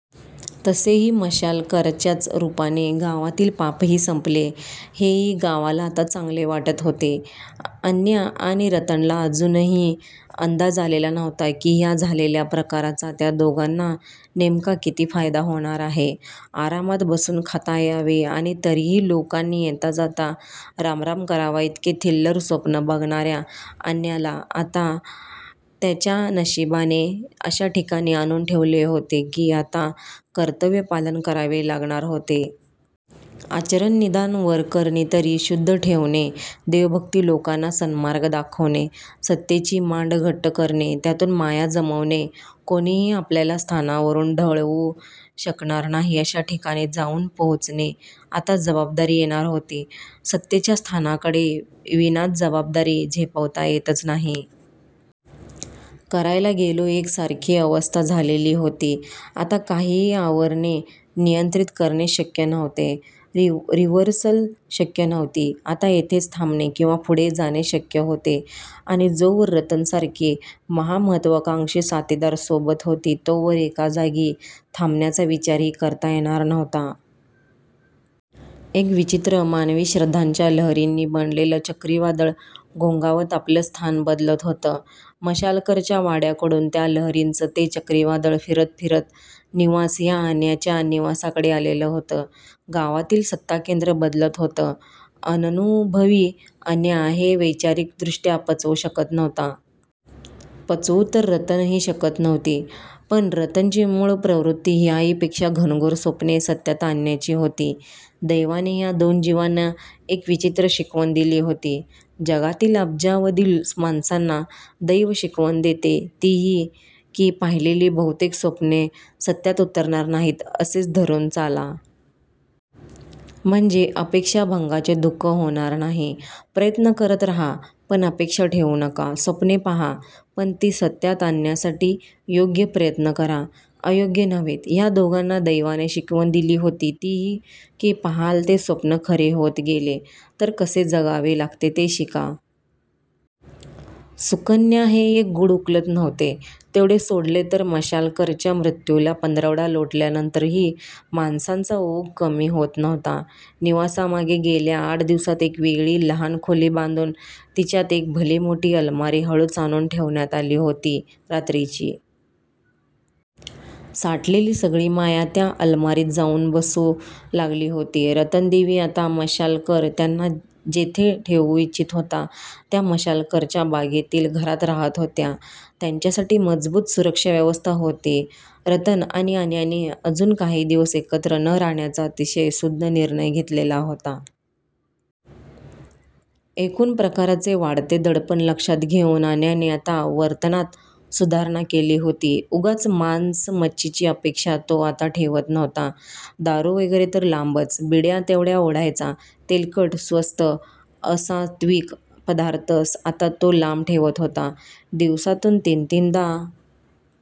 तसेही, मशालकरच्याच रूपाने गावातील पापही संपले हेही गावाला आता चांगले वाटत होते. अन्या आणि रतनला अजूनही अंदाज आलेला नव्हता की ह्या झालेल्या प्रकाराचा त्या दोघांना नेमका किती फायदा होणार आहे. आरामात बसून खाता यावे आणि तरीही लोकांनी येताजाता रामराम करावा इतके थिल्लर स्वप्न बघणाऱ्या अन्याला आता त्याच्या नशीबाने अशा ठिकाणी आणून ठेवले होते की आता कर्तव्य पालन करावे लागणार होते. आचरण निदान वरकरणी तरी शुद्ध ठेवणे, देवभक्ती, लोकांना सन्मार्ग दाखवणे, सत्तेची मांड घट्ट करणे, त्यातून माया जमवणे, कोणीही आपल्याला स्थानावरून ढळवू शकणार नाही अशा ठिकाणी जाऊन पोहोचणे. आता जबाबदारी येणार होती. सत्तेच्या स्थानाकडे विनाजबाबदारी झेपावता येतच नाही. करायला गेलो एक सारखी अवस्था झालेली होती. आता काहीही आवरणे, नियंत्रित करणे शक्य नव्हते. रिव्हर्सल शक्य नव्हती. आता येथेच थांबणे किंवा पुढे जाणे शक्य होते. आणि जोवर रतनसारखी महामहत्त्वाकांक्षी साथीदार सोबत होती तोवर एका जागी थांबण्याचा विचारही करता येणार नव्हता. एक विचित्र, मानवी श्रद्धांच्या लहरींनी बनलेलं चक्रीवादळ घोंघावत आपलं स्थान बदलत होतं. मशालकरच्या वाड्याकडून त्या लहरींचं ते चक्रीवादळ फिरत फिरत निवास, ह्या अन्याच्या निवासाकडे आलेलं होतं. गावातील सत्ताकेंद्र बदलत होतं. अननुभवी अन्या हे वैचारिकदृष्ट्या पचवू शकत नव्हता. पचवू तर रतनही शकत नव्हती, पण रतनची मूळ प्रवृत्ती ह्याहीपेक्षा घनघोर स्वप्ने सत्यात आणण्याची होती. दैवाने ह्या दोन जिवांना एक विचित्र शिकवण दिली होती. जगातील अब्जावधी माणसांना दैव शिकवण देते ती ही, की पाहिलेली बहुतेक स्वप्ने सत्यात उतरणार नाहीत असेच धरून चाला. म्हणजे अपेक्षाभंगाचे दुःख होणार नाही. प्रयत्न करत राहा, पण अपेक्षा ठेवू नका. स्वप्ने पाहा, पण ती सत्यात आणण्यासाठी योग्य प्रयत्न करा, अयोग्य नव्हेत. ह्या दोघांना दैवाने शिकवण दिली होती ती ही, की पाहाल ते स्वप्न खरे होत गेले तर कसे जगावे लागते ते शिका. सुकन्या हे एक गूढ उकलत नव्हते, तेवढे सोडले तर मशालकरच्या मृत्यूला पंधरवडा लोटल्यानंतरही माणसांचा ओघ कमी होत नव्हता. निवासामागे गेल्या आठ दिवसांत एक वेगळी लहान खोली बांधून तिच्यात एक भलीमोठी अलमारी हळूच आणून ठेवण्यात आली होती रात्रीची. साठलेली सगळी माया त्या अलमारीत जाऊन बसू लागली होती. रतनदेवी आता मशालकर त्यांना जेथे ठेवू इच्छित होता त्या मशालकरच्या बागेमधील घरात राहात होत्या. त्यांच्यासाठी मजबूत सुरक्षाव्यवस्था होती. रतन आणि अन्याने अजून काही दिवस एकत्र न राहण्याचा अतिशय सूज्ञ निर्णय घेतलेला होता. एकूण प्रकाराचे वाढते दडपण लक्षात घेऊन अन्याने आता वर्तनात सुधारणा केली होती. उगाच मांसमच्छीची अपेक्षा तो आता ठेवत नव्हता. दारू वगैरे तर लांबच. बिड्या तेवढा ओढायचा. तेलकट, स्वस्त, असात्त्विक पदार्थ आता तो लांब ठेवत होता. दिवसातून तीनतीनदा